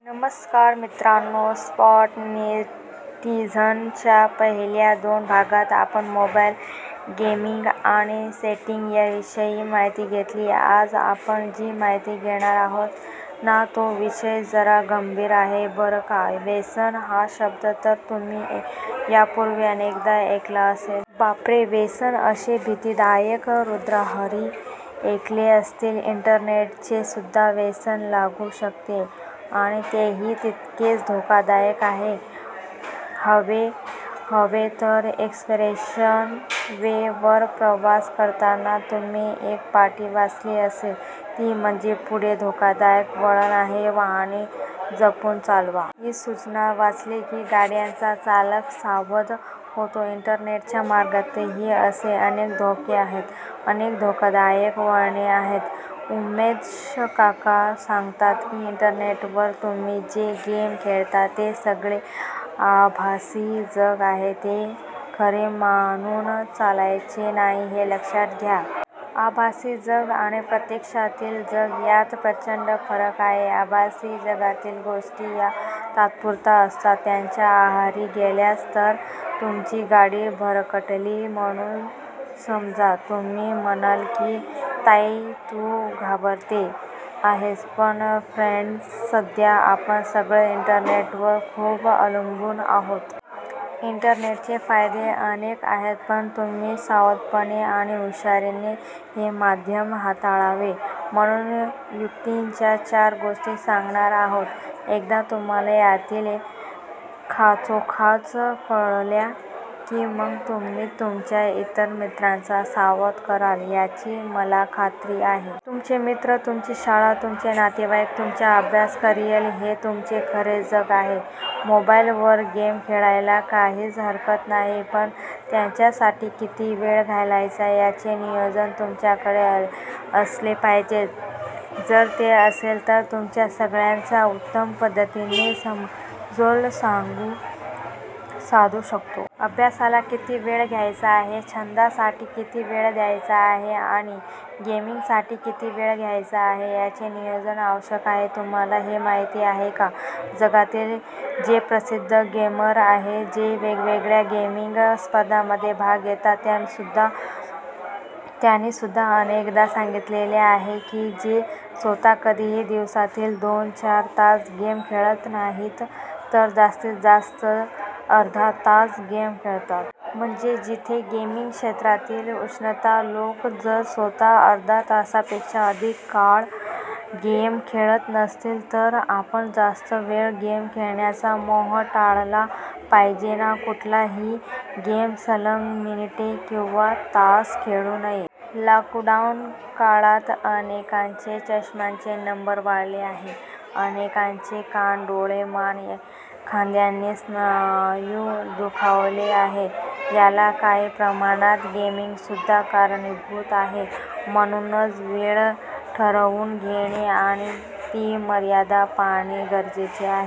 नमस्कार मित्रांनो, 'स्मार्ट नेटिझन'च्या पहिल्या दोन भागात आपण मोबाइल गेमिंग आणि रेटिंग्ज याविषयी माहिती घेतली. आज आपण जी माहिती घेणार आहोत ना, तो विषय जरा गंभीर आहे बरं का! 'व्यसन' हा शब्द तर तुम्ही यापूर्वी अनेकदा ऐकला असेल. 'बापरे! व्यसन? ' असे भीतिदायक उद्गारही ऐकले असतील. इंटरनेटचेसुद्धा व्यसन लागू शकते आणि तेही तितकेच धोकादायक आहे. हायवे-वर, एक्स्प्रेसवे-वर प्रवास करताना तुम्ही एक पाटी वाचली असेल ती म्हणजे, 'पुढे धोकादायक वळण आहे, वाहने जपून चालवा. ' ही सूचना वाचली की, गाडीचा चालक सावध होतो. इंटरनेटच्या मार्गातही असे अनेक धोके आहेत, अनेक धोकादायक वळणे आहेत. उन्मेष काका सांगतात की, इंटरनेटवर तुम्ही जे गेम खेळता ते सगळे आभासी जग आहे, ते खरे मानून चालायचे नाही- हे लक्षात घ्या. आभासी जग आणि प्रत्यक्षातील जग यात प्रचंड फरक आहे. आभासी जगातील गोष्टी या तात्पुरत्या असतात. त्याच्या आहारी गेलात तर तुमची गाडी भरकटली म्हणून समजा! तुम्ही म्हणाल की, ताई तू घाबरवते आहेस. पण फ्रेण्ड्स, सध्या आपण सगळेच इंटरनेटवर खूप अवलंबून आहोत. इंटरनेटचे फायदेही अनेक आहेत. पण तुम्ही सावधपणे आणि हुशारीने हे माध्यम हाताळावे म्हणून युक्तीच्या चार गोष्टी सांगणार आहोत. एकदा तुम्हांला यातील खाचाखोचा कळल्या की, मग तुम्हीच तुमच्या इतर मित्रांना सावध कराल, याची मला खात्री आहे. तुमचे मित्र, तुमची शाळा, तुमचे नातेवाइक, तुमचा अभ्यास, करिअर हे तुमचे खरे जग आहे. मोबाइलवर गेम खेळायला काहीच हरकत नाही पण त्याच्यासाठी किती वेळ द्यायचा याचे नियोजन तुमच्याकडे असले पाहिजे. जर ते असेल तर तुम्ही सगळ्याचा उत्तम पद्धतीने समतोल साधू शकता. अभ्यासाला किती वेळ द्यायचा आहे, छंदासाठी किती वेळ द्यायचा आहे आणि गेमिंगसाठी किती वेळ द्यायचा आहे याचे नियोजन आवश्यक आहे. तुम्हांला हे माहिती आहे का, जगातील जे प्रसिद्ध गेमर आहेत, जे वेगवेगळ्या गेमिंग स्पर्धांमध्ये भाग घेतात, त्यांनीसुद्धा अनेकदा सांगितलेले आहे की, ते स्वतः कधीही दिवसातील दोन-चार तास गेम खेळत नाहीत, तर जास्तीतजास्त अर्धा तास गेम खेळतात. म्हणजे जिथे गेमिंग क्षेत्रातील निष्णात लोक जर स्वतः अर्ध्या तासापेक्षा अधिक काळ गेम खेळत नसतील तर आपण जास्त वेळ गेम खेळण्याचा मोह टाळला पाहिजे ना! कुठलाही गेम सलग मिनिटे किंवा जास्त खेळू नये. लॉकडाऊन काळात अनेकांचे चष्म्याचे नंबर वाढले आहेत. अनेकांचे कान, डोळे, मान, खांद्याचे स्नायू दुखावले आहेत. याला काही प्रमाणात गेमिंगसुद्धा कारणीभूत आहे. म्हणूनच वेळ ठरवून घेणे आणि ती मर्यादा पाळणे गरजेचे आहे